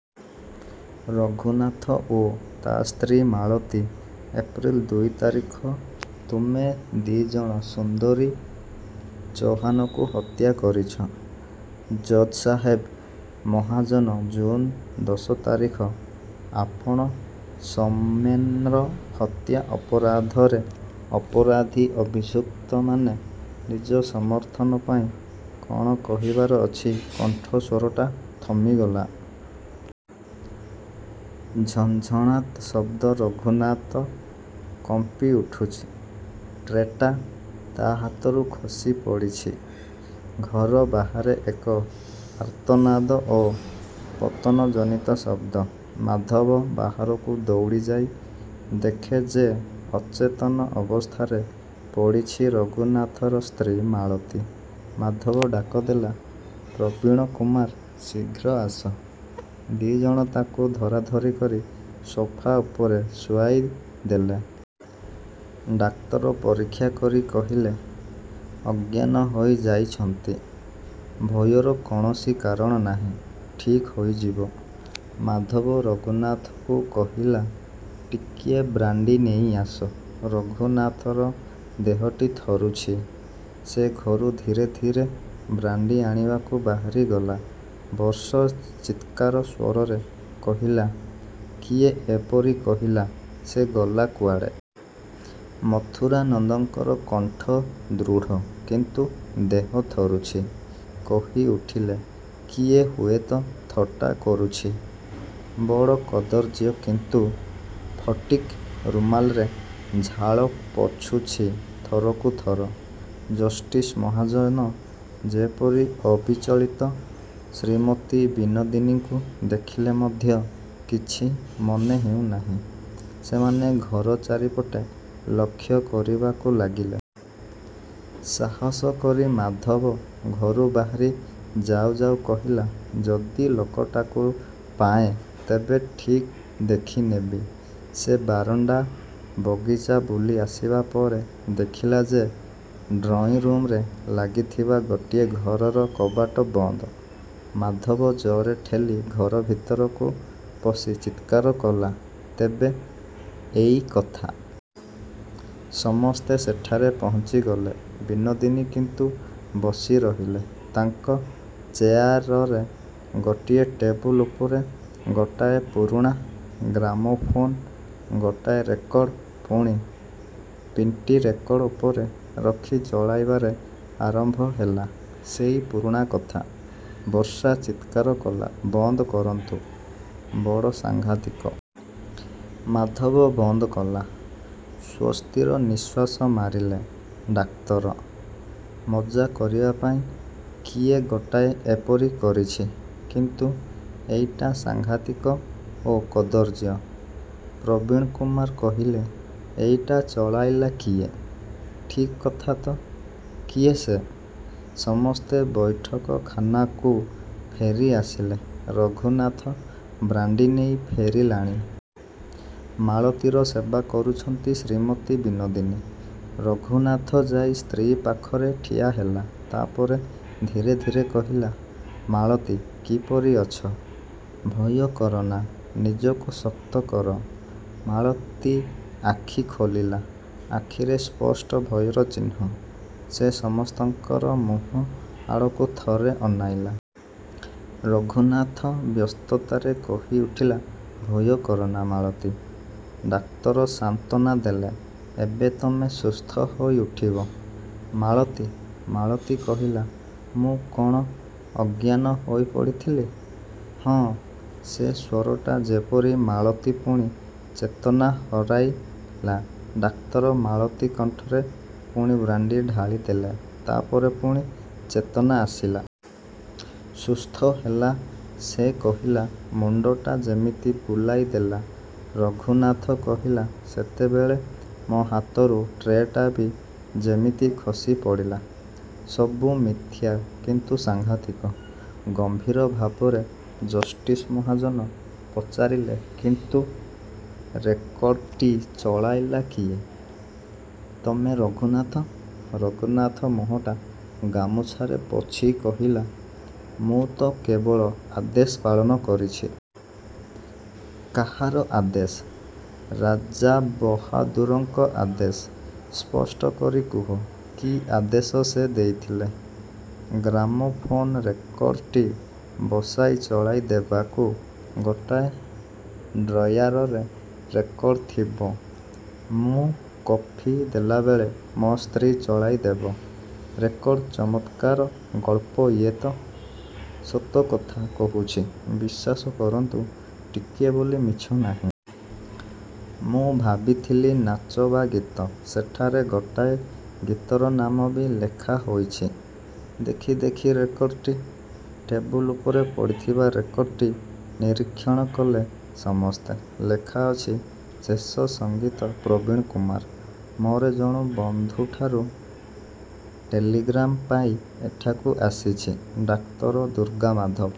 ରଘୁନାଥ ଓ ତା ସ୍ତ୍ରୀ ମାଳତୀ, ଏପ୍ରିଲ ଦୁଇ ତାରିଖ। ତୁମେ ଦି'ଜଣ ସୁନ୍ଦରୀ ଚୌହାନକୁ ହତ୍ୟା କରିଛ। ଜଜ୍ସାହେବ ମହାଜନ, ଜୁନ୍ ଦଶ ତାରିଖ, ଆପଣ ସୌମେନ୍ର ହତ୍ୟା ଅପରାଧରେ ଅପରାଧୀ। ଅଭିଯୁକ୍ତମାନେ, ନିଜ ପକ୍ଷସମର୍ଥନ ପାଇଁ କ'ଣ କହିବାର ଅଛି? କଣ୍ଠସ୍ୱରଟା ଥମିଗଲା। ଝନ୍ଝଣାତ୍ ଶଦ୍ଦ। ରଘୁନାଥ କମ୍ପିଉଠୁଛି। ଟ୍ରେଟା ତା'ହାତରୁ ଖସିପଡ଼ିଛି। ଘର ବାହାରେ ଏକ ଆର୍ତ୍ତନାଦ ଓ ପତନଜନିତ ଶଦ୍ଦ। ମାଧବ ବାହାରକୁ ଦୌଡ଼ିଯାଇ ଦେଖେ ଯେ ଅଚେତନ ଅବସ୍ଥାରେ ପଡ଼ିଛି ରଘୁନାଥର ସ୍ତ୍ରୀ ମାଳତୀ। ମାଧବ ଡାକଦେଲା–ପ୍ରବୀଣକୁମାର, ଶୀଘ୍ର ଆସ। ଦି'ଜଣ ତାକୁ ଧରାଧରି କରି ସୋଫା ଉପରେ ଶୁଆଇଦେଲେ। ଡାକ୍ତର ପରୀକ୍ଷା କରି କହିଲେ–ଅଜ୍ଞାନ ହୋଇଯାଇଛନ୍ତି। ଭୟର କୌଣସି କାରଣ ନାହିଁ। ଠିକ୍ ହୋଇଯିବ। ମାଧବ ରଘୁନାଥକୁ କହିଲା,–ଟିକିଏ ବ୍ରାଣ୍ଡି ନେଇଆସ। ରଘୁନାଥର ଦେହଟି ଥରୁଛି। ସେ ଘରୁ ଧୀରେ ଧୀରେ ବ୍ରାଣ୍ଡି ଆଣିବାକୁ ବାହାରିଗଲା। ବର୍ଷା ଚିତ୍କାରସ୍ଵରରେ କହିଲା–କିଏ ଏପରି କହିଲା? ସେ ଗଲା କୁଆଡ଼େ? ମଥୁରାନନ୍ଦଙ୍କର କଣ୍ଠ ଦୃଢ଼, କିନ୍ତୁ ଦେହ ଥରୁଛି। କହିଉଠିଲେ–କିଏ ହୁଏତ ଥଟ୍ଟା କରୁଛି-। ବଡ଼ କଦର୍ଯ୍ୟ କିନ୍ତୁ। ଫଟିକ୍ ରୁମାଲରେ ଝାଳ ପୋଛୁଛି ଥରକୁ ଥର। ଜଷ୍ଟିସ୍ ମହାଜନ ଯେପରି ଅବିଚଳିତ। ଶ୍ରୀମତୀ ବିନୋଦିନୀଙ୍କୁ ଦେଖିଲେ ମଧ୍ୟ କିଛି ମନେ ହେଉନାହିଁ। ସେମାନେ ଘର ଚାରିପଟେ ଲକ୍ଷ୍ୟ କରିବାକୁ ଲାଗିଲେ। ସାହସ କରି ମାଧବ ଘରୁ ବାହାରି ଯାଉ ଯାଉ କହିଲା–ଯଦି ଲୋକଟାକୁ ପାଏଁ, ତେବେ ଠିକ୍ ଦେଖିନେବି। ସେ ବାରଣ୍ଡା, ବଗିଚା ବୁଲିଆସିବା ପରେ ଦେଖିଲା ଯେ ଡ୍ରଇଁରୁମରେ ଲାଗିଥିବା ଗୋଟିଏ ଘରର କବାଟ ବନ୍ଦ। ମାଧବ ଜୋରରେ ଠେଲି ଘରଭିତରକୁ ପଶି ଚିତ୍କାର କଲା–ତେବେ ଏଇ କଥା? ସମସ୍ତେ ସେଠାରେ ପହଞ୍ଚିଗଲେ। ବିନୋଦିନୀ କିନ୍ତୁ ବସିରହିଲେ ତାଙ୍କ ଚେଆରରେ। ଗୋଟିଏ ଟେବୁଲ୍ ଉପରେ ଗୋଟାଏ ପୁରୁଣା ଗ୍ରାମୋଫୋନ, ଗୋଟାଏ ରେକର୍ଡ଼। ପୁଣି ପିନ୍ଟି ରେକର୍ଡ଼ ଉପରେ ରଖି ଚଳାଇବାରେ ଆରମ୍ଭ ହେଲା ସେଇ ପୁରୁଣା କଥା। ବର୍ଷା ଚିତ୍କାର କଲା–ବନ୍ଦ କରନ୍ତୁ। ବଡ଼ ସାଙ୍ଘାତିକ। ମାଧବ ବନ୍ଦ କଲା। ସ୍ୱସ୍ତିର ନିଃଶ୍ୱାସ ମାରିଲେ ଡାକ୍ତର। ମଜା କରିବାପାଇଁ କିଏ ଗୋଟାଏ ଏପରି କରିଛି; କିନ୍ତୁ ଏଇଟା ସାଂଘାତିକ ଓ କଦର୍ଯ୍ୟ। ପ୍ରବୀଣକୁମାର କହିଲେ–ଏଇଟା ଚଳାଇଲା କିଏ? –ଠିକ୍ କଥା ତ, କିଏ ସେ? ସମସ୍ତେ ବୈଠକଖାନାକୁ ଫେରିଆସିଲେ। ରଘୁନାଥ ବ୍ରାଣ୍ଡି ନେଇ ଫେରିଲାଣି। ମାଳତୀର ସେବା କରୁଛନ୍ତି ଶ୍ରୀମତୀ ବିନୋଦିନୀ। ରଘୁନାଥ ଯାଇ ସ୍ତ୍ରୀ ପାଖରେ ଠିଆହେଲା। ତା'ପରେ ଧୀରେ ଧୀରେ କହିଲା–ମାଳତୀ, କିପରି ଅଛ? ଭୟ କର ନା, ନିଜକୁ ଶକ୍ତ କର। ମାଳତୀ ଆଖି ଖୋଲିଲା। ଆଖିରେ ସ୍ପଷ୍ଟ ଭୟର ଚିହ୍ନ। ସେ ସମସ୍ତଙ୍କର ମୁହଁ ଆଡ଼କୁ ଥରେ ଅନାଇଲା। ରଘୁନାଥ ବ୍ୟସ୍ତତାରେ କହିଉଠିଲା–ଭୟ କର ନା ମାଳତୀ। ଡାକ୍ତର ସାନ୍ତ୍ୱନା ଦେଲେ–ଏବେ ତମେ ସୁସ୍ଥ ହୋଇଉଠିବ, ମାଳତୀ! ମାଳତୀ କହିଲା–ମୁଁ କ'ଣ ଅଜ୍ଞାନ ହୋଇପଡ଼ିଥିଲି? –ହଁ। ସେ ସ୍ୱରଟା ଯେପରି… ମାଳତୀ ପୁଣି ଚେତନା ହରାଇଲା। ଡାକ୍ତର ମାଳତୀ କଣ୍ଠରେ ପୁଣି ବ୍ରାଣ୍ଡି ଢାଳିଦେଲେ। ତା'ପରେ ପୁଣି ଚେତନା ଆସିଲା। ସୁସ୍ଥ ହେଲା ସେ। କହିଲା–ମୁଣ୍ଡଟା ଯେମିତି ବୁଲାଇଦେଲା। ରଘୁନାଥ କହିଲା–ସେତେବେଳେ ମୋ ହାତରୁ ଟ୍ରେଟା ବି ଯେମିତି ଖସିପଡ଼ିଲା। ସବୁ ମିଥ୍ୟା; କିନ୍ତୁ ସାଙ୍ଘାତିକ। ଗମ୍ଭୀର ଭାବରେ ଜଷ୍ଟିସ୍ ମହାଜନ ପଚାରିଲେ–କିନ୍ତୁ ରେକର୍ଡ଼ଟି ଚଳାଇଲା କିଏ, ତମେ, ରଘୁନାଥ? ରଘୁନାଥ ମୁହଁଟା ଗାମୁଛାରେ ପୋଛି କହିଲା–ମୁଁ ତ କେବଳ ଆଦେଶ ପାଳନ କରିଛି। –କାହାର ଆଦେଶ? –ରାଜାବହାଦୁରଙ୍କ ଆଦେଶ। –ସ୍ପଷ୍ଟ କରି କୁହ, କି ଆଦେଶ ସେ ଦେଇଥିଲେ? –ଗ୍ରାମୋଫୋନ ରେକର୍ଡ଼ଟି ବସାଇ ଚଳାଇଦେବାକୁ। ଗୋଟାଏ ଡ୍ରୟାରରେ ରେକର୍ଡ଼ ଥିବ। ମୁଁ କଫି ଦେଲାବେଳେ ମୋ ସ୍ତ୍ରୀ ଚଳାଇଦେବ ରେକର୍ଡ଼। –ଚମତ୍କାର ଗଳ୍ପ ଇଏତ! –ସତକଥା କହୁଛି। ବିଶ୍ୱାସ କରନ୍ତୁ, ଟିକିଏ ବୋଲି ମିଛ ନାହିଁ। ମୁଁ ଭାବିଥିଲି, ନାଚ ବା ଗୀତ। ସେଠାରେ ଗୋଟାଏ ଗୀତର ନାମ ବି ଲେଖାହୋଇଛି। –ଦେଖି ଦେଖି ରେକର୍ଡ଼ଟି। ଟେବୁଲ୍ ଉପରେ ପଡ଼ିଥିବା ରେକର୍ଡ଼ଟି ନିରୀକ୍ଷଣ କଲେ ସମସ୍ତେ। ଲେଖା ଅଛି–ଶେଷ ସଙ୍ଗୀତ। –ପ୍ରବୀଣକୁମାର? –ମୋର ଜଣେ ବନ୍ଧୁଠାରୁ ଟେଲିଗ୍ରାମ ପାଇ ଏଠାକୁ ଆସିଛି। –ଡାକ୍ତର ଦୁର୍ଗାମାଧବ?